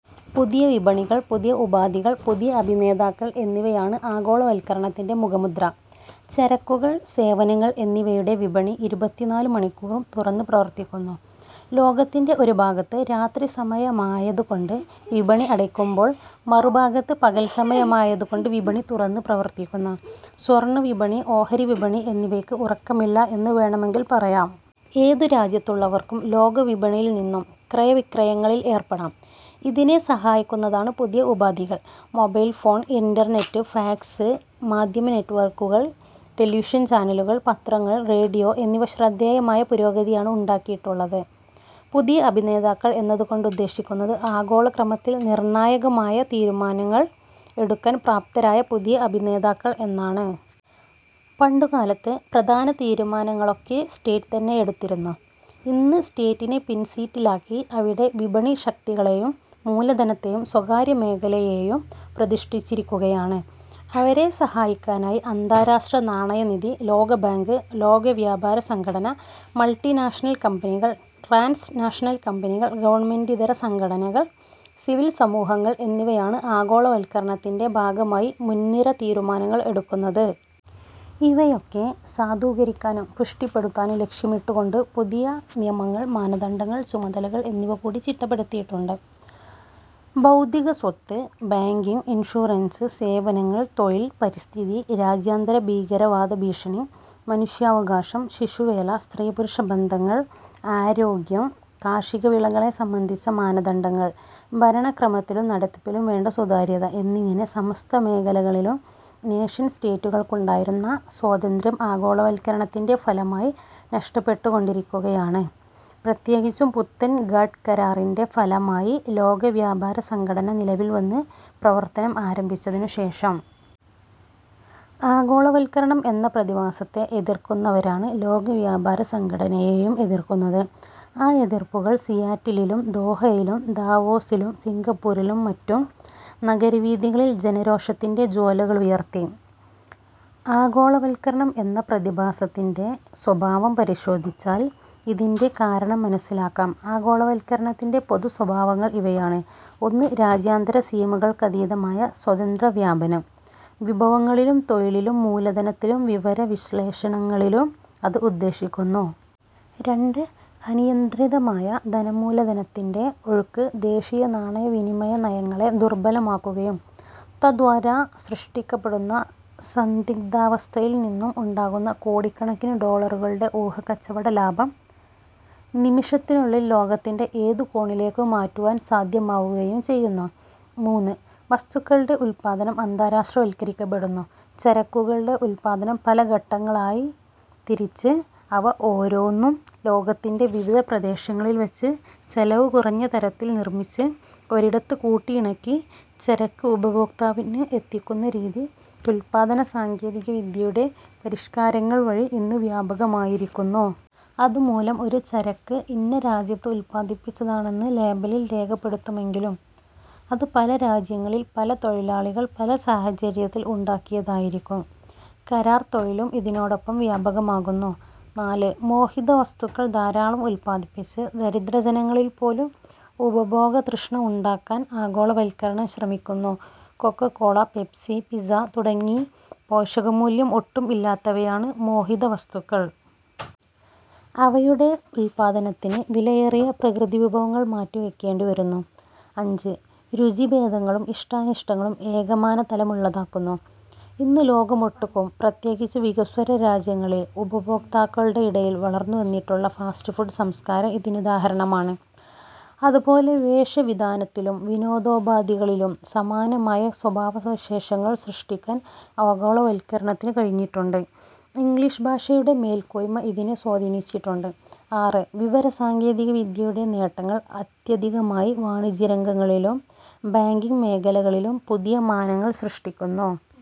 പുതിയ വിപണികൾ, പുതിയ ഉപാധികൾ, പുതിയ അഭിനേതാക്കൾ എന്നിവയാണ് ആഗോളവത്കരണത്തിന്റെ മുഖമുദ്ര. ചരക്കുകൾ, സേവനങ്ങൾ എന്നിവയുടെ വിപണി ഇരുപത്തിനാലു മണിക്കൂറും തുറന്നു പ്രവർത്തിക്കുന്നു. ലോകത്തിന്റെ ഒരു ഭാഗത്ത് രാത്രിസമയമായതുകൊണ്ട് വിപണി അടയ്ക്കുമ്പോൾ, മറുഭാഗത്ത് പകൽസമയമായതുകൊണ്ട് വിപണി തുറന്നു പ്രവർത്തിക്കുന്നു. സ്വർണവിപണി, ഓഹരിവിപണി എന്നിവയ്ക്ക് ഉറക്കമില്ല എന്ന് വേണമെങ്കിൽ പറയാം. ഏതുരാജ്യത്തുള്ളവർക്കും ലോകവിപണിയിൽനിന്നും ക്രയവിക്രയങ്ങളിൽ ഏർപ്പെടാം. ഇതിനെ സഹായിക്കുന്നതാണ് പുതിയ ഉപാധികൾ. മൊബൈൽ ഫോൺ, ഇന്റർനെറ്റ്, ഫാക്സ്, മാധ്യമ നെറ്റ്‌വർക്കുകൾ, ടെലിവിഷൻ ചാനലുകൾ, പത്രങ്ങൾ, റേഡിയോ എന്നിവ ശ്രദ്ധേയമായ പുരോഗതിയാണ് ഉണ്ടാക്കിയിട്ടുള്ളത്. പുതിയ അഭിനേതാക്കൾ എന്നതുകൊണ്ടുദ്ദേശിക്കുന്നത് ആഗോളക്രമത്തിൽ നിർണായകമായ തീരുമാനങ്ങൾ എടുക്കാൻ പ്രാപ്തരായ പുതിയ അഭിനേതാക്കൾ എന്നാണ്. പണ്ടുകാലത്ത് പ്രധാന തീരുമാനങ്ങളൊക്കെ സ്റ്റേറ്റ് തന്നെയെടുത്തിരുന്നു. ഇന്ന് സ്റ്റേറ്റിനെ പിൻസീറ്റിലാക്കി അവിടെ വിപണിശക്തികളെയും മൂലധനത്തെയും സ്വകാര്യമേഖലയെയും പ്രതിഷ്ഠിച്ചിരിക്കുകയാണ്. അവരെ സഹായിക്കാനായി അന്താരാഷ്ട്രനാണയനിധി, ലോകബാങ്ക്, ലോകവ്യാപാരസംഘടന, മൾട്ടിനാഷണൽ കമ്പനികൾ, ട്രാൻസ് നാഷണൽ കമ്പനികൾ, ഗവൺമെന്റിതര സംഘടനകൾ, സിവിൽ സമൂഹങ്ങൾ എന്നിവയാണ് ആഗോളവത്കരണത്തിന്റെ ഭാഗമായി മുൻനിര തീരുമാനങ്ങൾ എടുക്കുന്നത്. ഇവയൊക്കെ സാധൂകരിക്കാനും പുഷ്ടിപ്പെടുത്താനും ലക്ഷ്യമിട്ടുകൊണ്ടു പുതിയ നിയമങ്ങൾ, മാനദണ്ഡങ്ങൾ, ചുമതലകൾ എന്നിവകൂടി ചിട്ടപ്പെടുത്തിയിട്ടുണ്ട്. ബൌദ്ധികസ്വത്ത്, ബാങ്കിങ്, ഇൻഷുറൻസ്, സേവനങ്ങൾ, തൊഴിൽ, പരിസ്ഥിതി, രാജ്യാന്തരഭീകരവാദഭീഷണി, മനുഷ്യാവകാശം, ശിശുവേല, സ്ത്രീപുരുഷബന്ധങ്ങൾ, ആരോഗ്യം, കാർഷികവിളകളെ സംബന്ധിച്ച മാനദണ്ഡങ്ങൾ, ഭരണക്രമത്തിലും നടത്തിപ്പിലും വേണ്ട സുതാര്യത എന്നിങ്ങനെ സമസ്തമേഖലകളിലും നേഷൻ സ്റ്റേറ്റുകൾക്കുണ്ടായിരുന്ന സ്വാതന്ത്ര്യം ആഗോളവത്കരണത്തിന്റെ ഫലമായി നഷ്ടപ്പെട്ടുകൊണ്ടിരിക്കുകയാണ്, പ്രത്യേകിച്ചും പുത്തൻ ഗാട്ട്കരാറിന്റെ ഫലമായി ലോകവ്യാപാരസംഘടന നിലവിൽവന്ന് പ്രവർത്തനം ആരംഭിച്ചതിനുശേഷം. ആഗോളവത്കരണം എന്ന പ്രതിഭാസത്തെ, എതിർക്കുന്നവരാണ് ലോകവ്യാപാരസംഘടനയെയും എതിർക്കുന്നത്. ആ എതിർപ്പുകൾ സിയാറ്റിലിലും, ദോഹയിലും, ദാവോസിലും, സിംഗപ്പൂരിലും മറ്റും നഗരവീഥികളിൽ ജനരോഷത്തിന്റെ ജ്വാലകളുയർത്തി. ആഗോളവത്കരണം എന്ന പ്രതിഭാസത്തിന്റെ സ്വഭാവം പരിശോധിച്ചാൽ ഇതിന്റെ കാരണം മനസ്സിലാക്കാം. ആഗോളവത്കരണത്തിന്റെ പൊതുസ്വഭാവങ്ങൾ ഇവയാണ്. ഒന്ന്. രാജ്യാന്തരസീമകൾക്കതീതമായ സ്വതന്ത്രവ്യാപനം. വിഭവങ്ങളിലും തൊഴിലിലും മൂലധനത്തിലും വിവരവിശ്ളേഷണങ്ങളിലും അത് ഉദ്ദേശിക്കുന്നു. രണ്ട്. അനിയന്ത്രിതമായ ധനമൂലധനത്തിന്റെ ഒഴുക്ക് ദേശീയനാണയവിനിമയനയങ്ങളെ ദുർബലമാക്കുകയും തദ്വാരാ സൃഷ്ടിക്കപ്പെടുന്ന സന്ദിഗ്ധാവസ്ഥയിൽ നിന്നും ഉണ്ടാകുന്ന കോടിക്കണക്കിനു ഡോളറുകളുടെ ഊഹക്കച്ചവടലാഭം നിമിഷത്തിനുള്ളിൽ ലോകത്തിന്റെ ഏതു കോണിലേക്കും മാറ്റുവാൻ സാധ്യമാവുകയും ചെയ്യുന്നു. മൂന്ന്. വസ്തുക്കളുടെ ഉത്പാദനം അന്താരാഷ്ട്രവത്കരിക്കപ്പെടുന്നു. ചരക്കുകളുടെ ഉത്പാദനം പല ഘട്ടങ്ങളായിത്തിരിച്ച് അവ ഓരോന്നും ലോകത്തിന്റെ വിവിധ പ്രദേശങ്ങളിൽവച്ചു ചെലവു കുറഞ്ഞതരത്തിൽ നിർമിച്ച് ഒരിടത്ത് കൂട്ടിയിണക്കി ചരക്ക് ഉപഭോക്താവിന് എത്തിക്കുന്ന രീതി ഉത്പാദനസാങ്കേതികവിദ്യയുടെ പരിഷ്കാരങ്ങൾവഴി ഇന്നു വ്യാപകമായിരിക്കുന്നു. അതുമൂലം ഒരു ചരക്ക് ഇന്ന രാജ്യത്ത് ഉത്പാദിപ്പിച്ചതാണെന്ന് ലേബലിൽ രേഖപ്പെടുത്തുമെങ്കിലും, അത് പല രാജ്യങ്ങളിൽ പല തൊഴിലാളികൾ പല സാഹചര്യത്തിൽ ഉണ്ടാക്കിയതായിരിക്കും. കരാർ തൊഴിലും ഇതിനോടൊപ്പം വ്യാപകമാകുന്നു. നാല്. മോഹിതവസ്തുക്കൾ ധാരാളം ഉത്പാദിപ്പിച്ച് ദരിദ്രജനങ്ങളിൽപ്പോലും ഉപഭോഗതൃഷ്ണ ഉണ്ടാക്കാൻ ആഗോളവത്കരണം ശ്രമിക്കുന്നു. കൊക്കോക്കോള, പെപ്സി, പിസ്സാ തുടങ്ങി പോഷകമൂല്യം ഒട്ടും ഇല്ലാത്തവയാണ് മോഹിതവസ്തുക്കൾ. അവയുടെ ഉത്പാദനത്തിന് വിലയേറിയ പ്രകൃതിവിഭവങ്ങൾ മാറ്റിവയ്ക്കേണ്ടിവരുന്നു. അഞ്ച്. രുചിഭേദങ്ങളും ഇഷ്ടാനിഷ്ടങ്ങളും ഏകമാനതലമുള്ളതാക്കുന്നു. ഇന്ന് ലോകമൊട്ടുക്കും പ്രത്യേകിച്ചു വികസ്വരരാജ്യങ്ങളിൽ ഉപഭോക്താക്കളുടെയിടയിൽ വളർന്നുവന്നിട്ടുള്ള ഫാസ്റ്റ്ഫുഡ് സംസ്കാരം ഇതിനുദാഹരണമാണ്. അതുപോലെ വേഷവിധാനത്തിലും, വിനോദോപാധികളിലും സമാനമായ സ്വഭാവവിശേഷങ്ങൾ സൃഷ്ടിക്കാൻ ആഗോളവത്കരണത്തിനു കഴിഞ്ഞിട്ടുണ്ട്. ഇംഗ്ളീഷ്ഭാഷയുടെ മേൽക്കോയ്മ ഇതിനെ സ്വാധീനിച്ചിട്ടുണ്ട്. ആറ്. വിവരസാങ്കേതികവിദ്യയുടെ നേട്ടങ്ങൾ അത്യധികമായി വാണിജ്യരംഗങ്ങളിലും, ബാങ്കിങ് മേഖലകളിലും പുതിയ മാനങ്ങൾ സൃഷ്ടിക്കുന്നു.